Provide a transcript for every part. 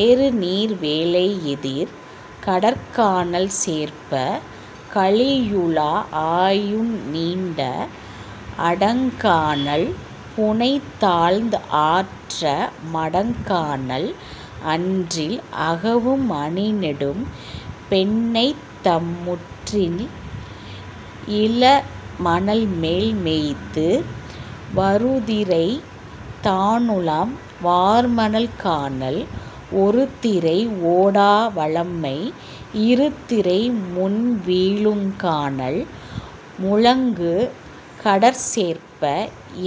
ஏறுநீர் வேலை எதிர். கடற்கானல் சேர்ப்ப! கழியுலாஅய் நீண்ட அடற்கானல் புன்னைதாழ்ந் ஆற்ற மடற்கானல் அன்றில் அகவும் அணிநெடும் பெண்ணைத்எம் முன்றில் இளமணல்மேல் மொய்த்து. வருதிரை தானுலாம் வார்மணல் கானல் ஒருதிரை ஓடா வளமை இருதிரை முன்வீழுங் கானல் முழங்கு கடற்சேர்ப்ப!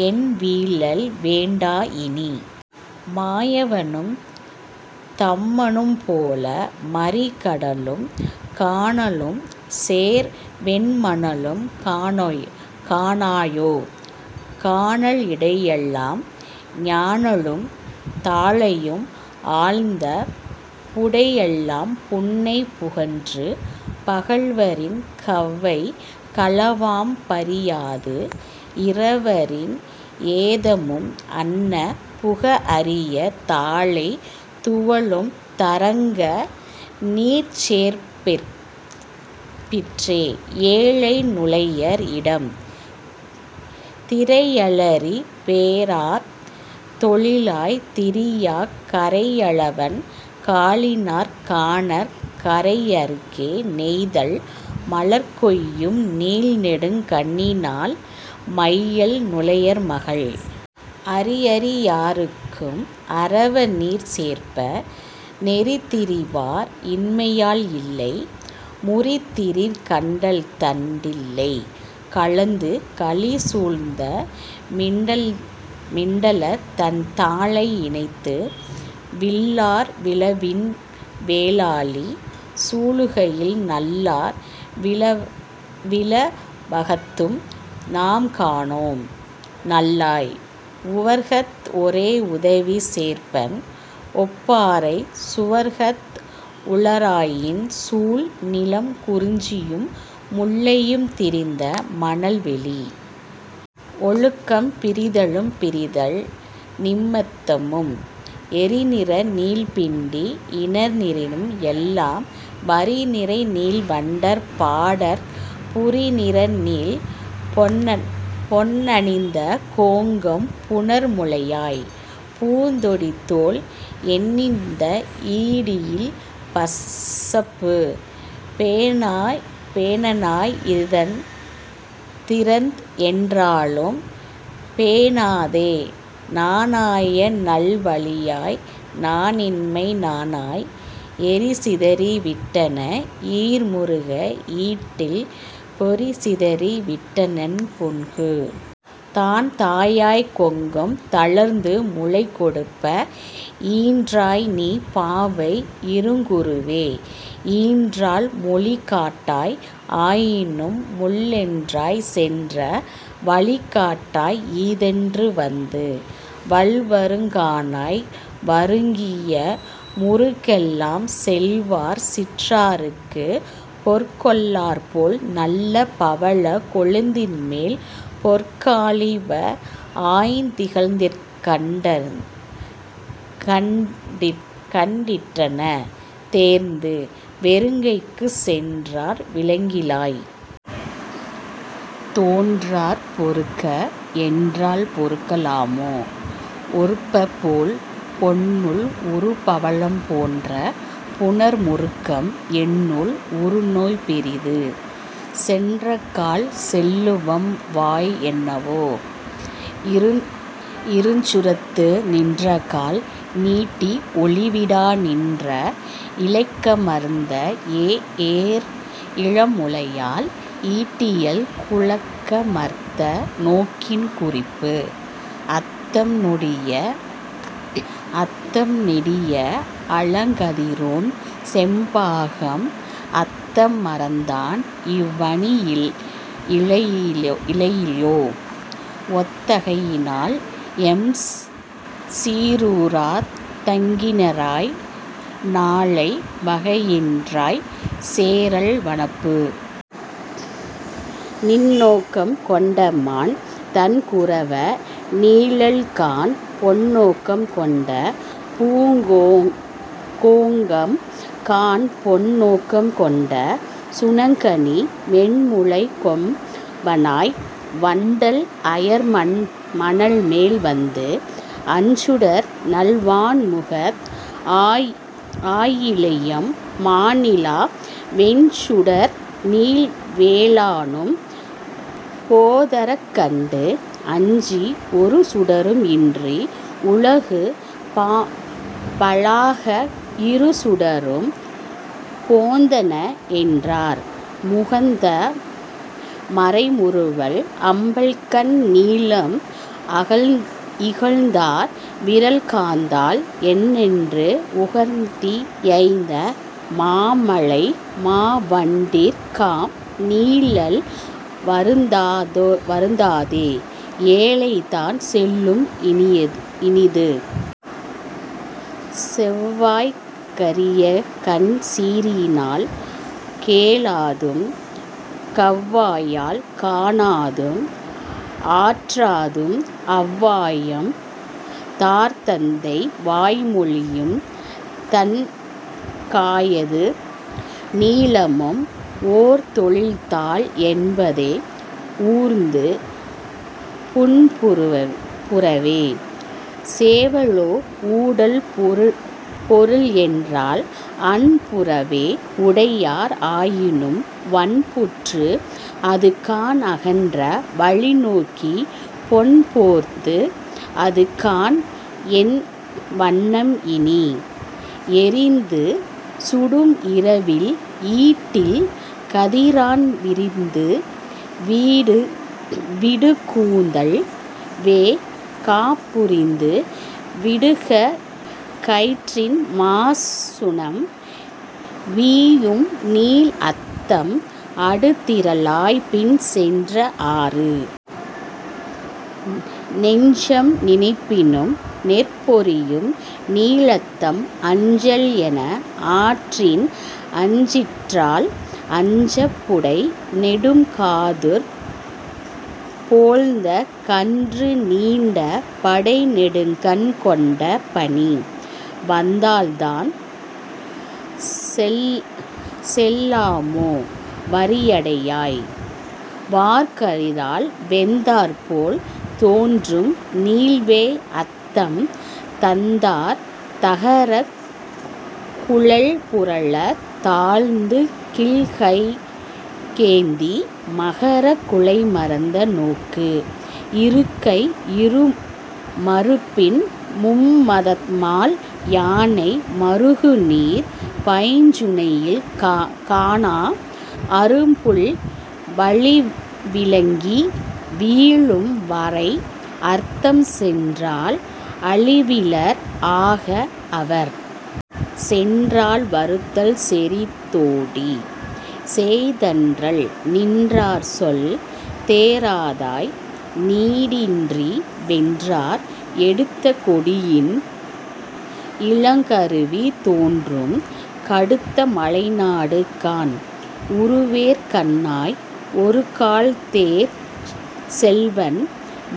என்வீழல் வேண்டா இனி. மாயவனும் தம்முனும் போலே மறிகடலும் கானலும்சேர் வெண்மணலும் காணாயோ கானல் இடையெலாம் ஞாழலும் தாழையும் ஆர்ந்த புடையெலாம் புன்னை புகன்று? பகல்வரின் கவ்வை பலவாம் பரியாது இரவரின் ஏதமும் அன்ன புகஅரிய தாழை துவளும் தரங்கநீர்ச் சேர்ப்பிற்றே ஏழை நுளையர் இடம். திரையலறிப் பேராத் தெழியாத் திரியாக் கரையலவன் காலினாற் கானாக் கரையருகே நெய்தல் மலர்கொய்யும் நீள்நெடுங் கண்ணினாள் மையல் நுளையர் மகள். அறிஅரி யார்க்கும் அரவ நீர்ச் சேர்ப்ப! நெறிதிரிவார் இன்மையால் இல்லை முறிதிரிந்த கண்டலந்தண் டில்லை கலந்து கழிசூழ்ந்த மிண்டலந்தண் தாழை இணைந்து. வில்லார் விழவினும் வேலாழி சூழுலகில் நல்லார் விழவகத்தும் நாம்காணேம் நல்லாய்! உவர்கத் ஒரோஉதவிச் சேர்ப்பன்ஒப் பாரைச் சுவர்கத் உளராயின் சூழ். நிலம்: குறிஞ்சியும் முல்லையும் திரிந்த மணல்வெளி. ஒழுக்கம்: பிரிதலும் பிரிதல் நிமத்தமும். எரிநிற நீள்பிண்டி இணரினம் எல்லாம் வரிநிற நீள்வண்டர் பாடப் புரிநிறநீள் பொன்னணிந்த கோங்கம் புணர் முலையாய்! பூந்தொடித்தோள் என்னணிந்த ஈடில் பசப்பு? பேணாய் இதன்திறத் என்றாலும் பேணாதே நாணாய நல்வளையாய் நாணிண்மை காணாய் எரிசிதறி விட்டன்ன ஈர்முருக் ஈடில் பொரிசிதறி விட்டன்ன புன்கு. தான்தாயாக் கோங்கம் தளர்ந்து முலைகொடுப்ப ஈன்றாய்நீ பாவை இருங் குரவே! ஈன்றாள் மொழிகாட்டாய் ஆயினும் முள்ளெயிற்றாள் சென்ற வழிகாட்டாய் ஈதென்று வந்து. வல்வருங் காணாய் வயங்கி முருக்கெல்லாம் செல்வர் சிறார்க்குப்பொற் கொல்லர்போல் நல்ல பவளக் கொழுந்தின்மேல் பொற்றாலி பாஅய்த் திகழக்கான் றிட்டன தேர்ந்து! வெறுக்கைக்குச் சென்றார் விளங்கிழாய்! தோன்றார் பொறுக்கஎன் றால்பொறுக்க லாமோ? ஒறுப்பபோல் பொன்னுள் உறுபவளம் போன்ற புணர்முருக்கம் என்னுள் உறுநோய் பெரிது! சென்றக்கால் செல்லும்வாய் என்னோ? இருஞ்சுரத்து நின்றக்கால் நீடி ஒளிவிடா நின்ற இழைக்கமர்ந்த ஏஏர் இளமுலையாள் ஈடில் குழைக்கமர்ந்த நோக்கின் குறிப்பு! அத்தம் நெடிய அழற்கதிரோன் செம்பாகம் அத்தமறைந் தான்இவ் அணியிழையோ ஒத்த தகையினால் எம்சீறூர்த் தங்கினிராய் நாளை வகையினிராய்ச் சேறல் வனப்பு. நின்நோக்கம் கொண்டமான் தண்குரவ நீழல்காண் பொன்நோக்கம் கொண்டபூங் கோங்கம்காண் பொன் நோக்கம் கொண்ட சுணங்கணி மென்முலைக் கொம்பன்னாய்! வண்டல் அயர்மணல்மேல் வந்து! அஞ்சுடர்நள் வாண்முகத் ஆயிழையும் மாநிலா வெஞ்சுடர்நீள் வேலானும் போதரக் கண்டு அஞ்சி ஒருசுடரும் இன்றி உலகுபா ழாக இருசுடரும் போந்தனஎன் றார். முகந்தா மரைமுறுவல் ஆம்பல்கண் நீலம் இகந்தார் விரல்காந்தள் என்றென்று உகந்தியைந்த மாழைமா வண்டிற்காம் நீழல் வருந்தாதே ஏழைதான் செல்லும் இனிது. செவ்வாய்க் கரியகண் சீரினால் கேளாதும் கவ்வையால் காணாதும் ஆற்றாதும் அவ் வாயம் தார்த்தத்தை வாய்மொழியும் தண்கயத்து நீலமும் ஓர்த்தொழிந்தாள் என்பேதை ஊர்ந்து. புன்புறவே! சேவலோ ஊடல் பொருளன்றால் அன்புறவே உடையார் ஆயினும் வன்புற்று அதுகாண் அகன்ற வழிநோக்கிப் பொன்போர்த்து இதுகாண்என் வண்ணம் இனி! எரிந்து சுடும்இரவி ஈடில் கதிரான் விரிந்து விடுகூந்தல் வெ·காப் புரிந்து விடுகயிற்றின் மாசுணம் வீயும்நீள் அத்தம் அடுதிறலான் பின் சென்ற ஆறு. நெஞ்சம் நினைப்பினும் நெற்பொரியும் நீளத்தம் அஞ்சல் எனஆற்றின் அஞ்சிற்றால் அஞ்சப் புடைநெடும் காதுறப் போழ்ந்தகன்று நீண்ட படைநெடுங்கண் கொண்ட பனி. வந்தால்தான் செல்லாமோ வாரிடையாய்! வார்கதிரால் வெந்தாற்போல் தோன்றும்நீள் வேய்அத்தம் தந்தார் தகரக் குழல்புரளத் தாழ்துகில்கை யேந்தி மகரக் குழைமறித்த நோக்கு? ஒருகை, இருமருப்பின் மும்மதமால் யானை பருகுநீர் பைஞ்சுனையில் காணா அருகல் வழிவிலங்கி வீழும் வரைஅத்தம் சென்றார் அழிவிலர் ஆக அவர்! சென்றார் வருதல் செறிதொடி! சேய்த்தன்றால் நின்றார்சொல் தேறாதாய்! நீடின்றி வென்றார் எடுத்த கொடியின் இலங்கருவி தோன்றும் கடுத்த மலைநாடு காண்! உருவேற் கண்ணாய்! ஒரு கால்தேர்ச் செல்வன்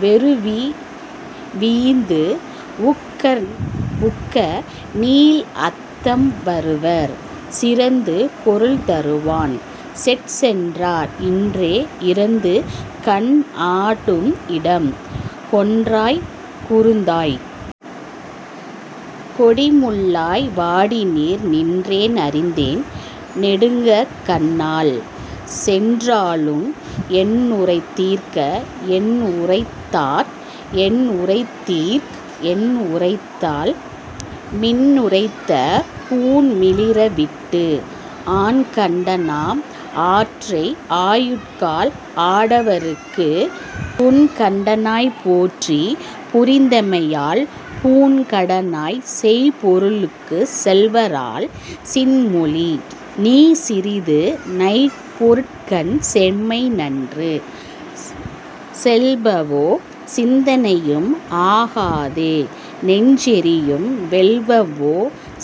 வெருவிவீந்து உக்கநீள் அத்தம் வருவர் சிறந்து பொருள்தருவான் சேட்சென்றார் இன்றே இறந்துகண் ஆடும் இடம். கொன்றாய்! குருந்தாய்! கொடி முல்லாய்! வாடினீர் நின்றேன் அறிந்தேன் நெடுங்கண்ணாள் சென்றாளுக் என்னுரைத்தீர்க் என்னுரைத்தாட் என்னுரைத்தீர்க் என்னுரைத்தாள் மின்னுரைத்த பூண்மிளிர விட்டு? ஆண்கட னாம்ஆற்றை ஆயுங்கால் ஆடவர்க்குப் பூண்கடனாப் போற்றிப் புரிந்தமையால் பூண்கடனாச் செய்பொருட்குச் செல்வரால் சின்மொழி! நீசிறிது நைபொருட்கண் செல்லாமை நன்று. செல்பவோ சிந்தனையும் ஆகாதே நெஞ்செரியும் வெல்பவோ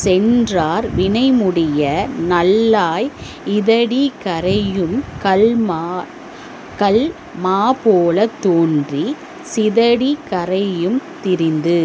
சென்றார் வினைமுடிய நல்லாய் இதடி கரையும்கல் மாபோலத் தோன்றுச் சிதடி கரையும் திரிந்து.।